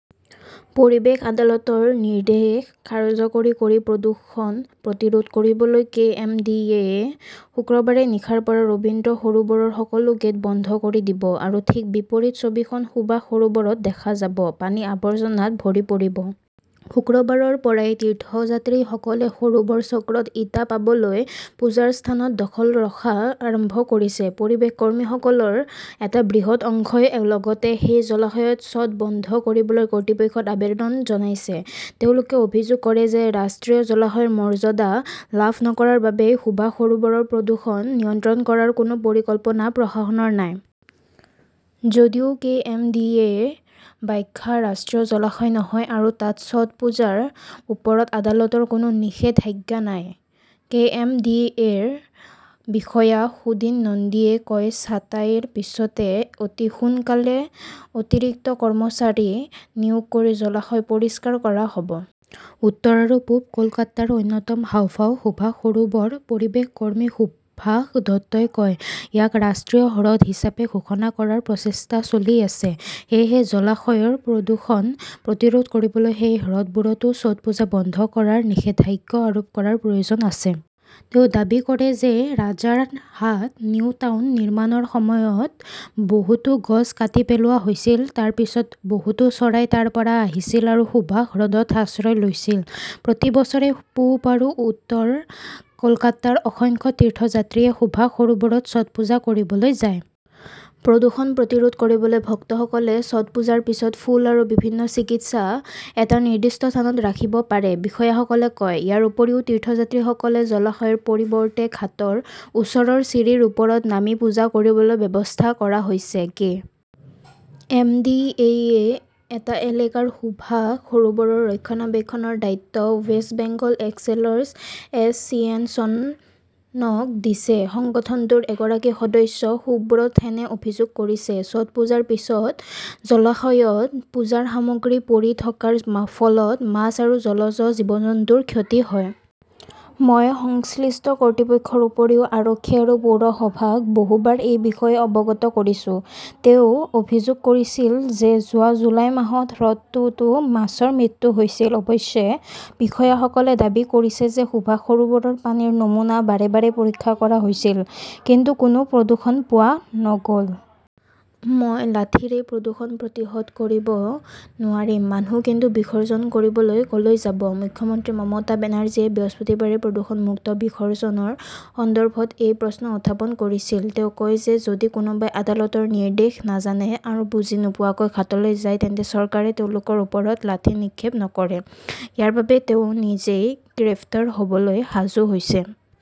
পৰিৱেশ আদালতৰ নিৰ্দেশ কাৰ্যকৰী কৰি প্ৰদূষণ প্ৰতিৰোধ কৰিবলৈ কে. এম. ডি. এ. -য়ে শুকুৰবাৰে নিশাৰ পৰা ৰবীন্দ্ৰ সৰোবৰৰ সকলো গেট বন্ধ কৰি দিব আৰু ঠিক বিপৰীত ছবিখন সুভাষ সৰোবৰত দেখা যাব। পানী আবৰ্জনাত ভৰি পৰিব। শুকুৰবাৰৰ পৰাই তীৰ্থযাত্ৰীসকলে সৰোবৰ চক্ৰত ইটা পাবলৈ পূজাৰ স্থানৰ 'দখল' ৰখা আৰম্ভ কৰিছে। পৰিৱেশ কৰ্মীসকলৰ এটা বৃহৎ অংশই লগতে সেই জলাশয়ত ছট বন্ধ কৰিবলৈ কৰ্তৃপক্ষক আবেদন জনাইছে। তেওঁলোকে অভিযোগ কৰে যে ৰাষ্ট্ৰীয় জলাশয়ৰ মৰ্যাদা লাভ নকৰাৰ বাবেই সুভাষ সৰোবৰৰ প্ৰদূষণ নিয়ন্ত্ৰণ কৰাৰ কোনো পৰিকল্পনা প্ৰশাসনৰ নাই। যদিও কে. এম. ডি. এ. -ৰ ব্যাখ্যা, ৰাষ্ট্ৰীয় জলাশয় নহয় আৰু তাত ছট পূজাৰ ওপৰত আদালতৰ কোনো নিষেধাজ্ঞা নাই। কে. এম. ডি. এ.ৰ বিষয়া সুদিন নন্দীয়ে কয়, "ছাঁটাইৰ পিছতে অতি সোনকালে অতিৰিক্ত কৰ্মচাৰী নিয়োগ কৰি জলাশয় পৰিষ্কাৰ কৰা হ'ব। "উত্তৰ আৰু পূব কলকাতাৰ অন্যতম হাঁওফাঁও সুভাষ সৰোবৰ" পৰিৱেশ কৰ্মী সুভাষ দত্তই কয়। ইয়াক ৰাষ্ট্ৰীয় হ্ৰদ হিচাপে ঘোষণা কৰাৰ প্ৰচেষ্টা চলি আছে। সেয়েহে জলাশয়ৰ প্ৰদূষণ প্ৰতিৰোধ কৰিবলৈ সেই হ্ৰদবোৰতো ছটপূজা বন্ধ কৰাত নিষেধাজ্ঞ আৰোপ কৰাৰ প্ৰয়োজন আছে। "তেওঁ দাবী কৰে যে ৰাজাৰহাট-নিউ টাউন নিৰ্মাণৰ সময়ত বহুতো গছ কাটি পেলোৱা হৈছিল। তাৰ পিছত বহুতো চৰাই তাৰ পৰা আহিছিল আৰু সুভাষ হ্ৰদত আশ্ৰয় লৈছিল। প্ৰতি বছৰে পূব আৰু উত্তৰ কলকাতাৰ অসংখ্য তীৰ্থযাত্ৰীয়ে সুভাষ সৰোবৰত ছট পূজা কৰিবলৈ যায়। প্ৰদূষণ প্ৰতিৰোধ কৰিবলৈ ভক্তসকলে ছটপুজাৰ পিছত ফুল আৰু বিভিন্ন চিকিৎসা এটা নিৰ্দিষ্ট স্থানত ৰাখিব পাৰে, বিষয়াসকলে কয়। ইয়াৰ উপৰিও, তীৰ্থযাত্ৰীসকলে জলাশয়ৰ পৰিৱৰ্তে ঘাটৰ ওচৰৰ চিৰিৰ ওপৰত নামি পূজা কৰিবলৈ ব্যৱস্থা কৰা হৈছে। কে. এম. ডি. এ. -য়ে এটা এলেকাৰ সুভাষ সৰোবৰৰ ৰক্ষণাবেক্ষণৰ দায়িত্ব "ৱেষ্ট বেংগল এচেলৰ এছ চিয়ে শ্যন"-ক দিছে। সংগঠনটোৰ এগৰাকী সদস্য সুব্ৰত সেনে অভিযোগ কৰিছে, "ছটপুজাৰ পিছত জলাশয়ত পূজাৰ সামগ্ৰী পৰি থকাৰ ফলত মাছ আৰু জলজ জীৱ-জন্তুৰ ক্ষতি হয়। মই সংশ্লিষ্ট কৰ্তৃপক্ষৰ উপৰিও আৰক্ষী আৰু পৌৰসভাক বহুবাৰ এই বিষয়ে অৱগত কৰিছো। "তেওঁ অভিযোগ কৰিছিল যে যোৱা জুলাই মাহত হ্ৰদটোতও মাছৰ মৃত্যু হৈছিল। অৱশ্যে, বিষয়াসকলে দাবী কৰিছে যে সুভাষ সৰোবৰৰ পানীৰ নমুনা বাৰে বাৰে পৰীক্ষা কৰা হৈছিল, কিন্তু কোনো প্ৰদূষণ পোৱা নগ "ল। 'মই লাঠিৰে প্ৰদূষণ প্ৰতিহত কৰিব নোৱাৰিম' মানুহ কিন্তু বিসৰ্জন কৰিবলৈ ক'লৈ যাব? মুখ্যমন্ত্ৰী মমতা বেনাৰ্জীয়ে বৃহস্পতিবাৰে 'প্ৰদূষণমুক্ত "বিসৰ্জনৰ সন্দৰ্ভত এই প্ৰশ্ন উত্থাপন কৰিছিল। তেওঁ কয় যে যদি কোনোবাই আদালতৰ নিৰ্দেশ নাজানে আৰু বুজি নোপোৱাকৈ ঘাটলৈ যায়, তেন্তে চৰকাৰে তেওঁলোকৰ ওপৰত লাঠি নিক্ষেপ নকৰে। ইয়াৰ বাবে তেওঁ নিজেই গ্ৰেপ্তাৰ হ'বলৈ সাজু হৈছে।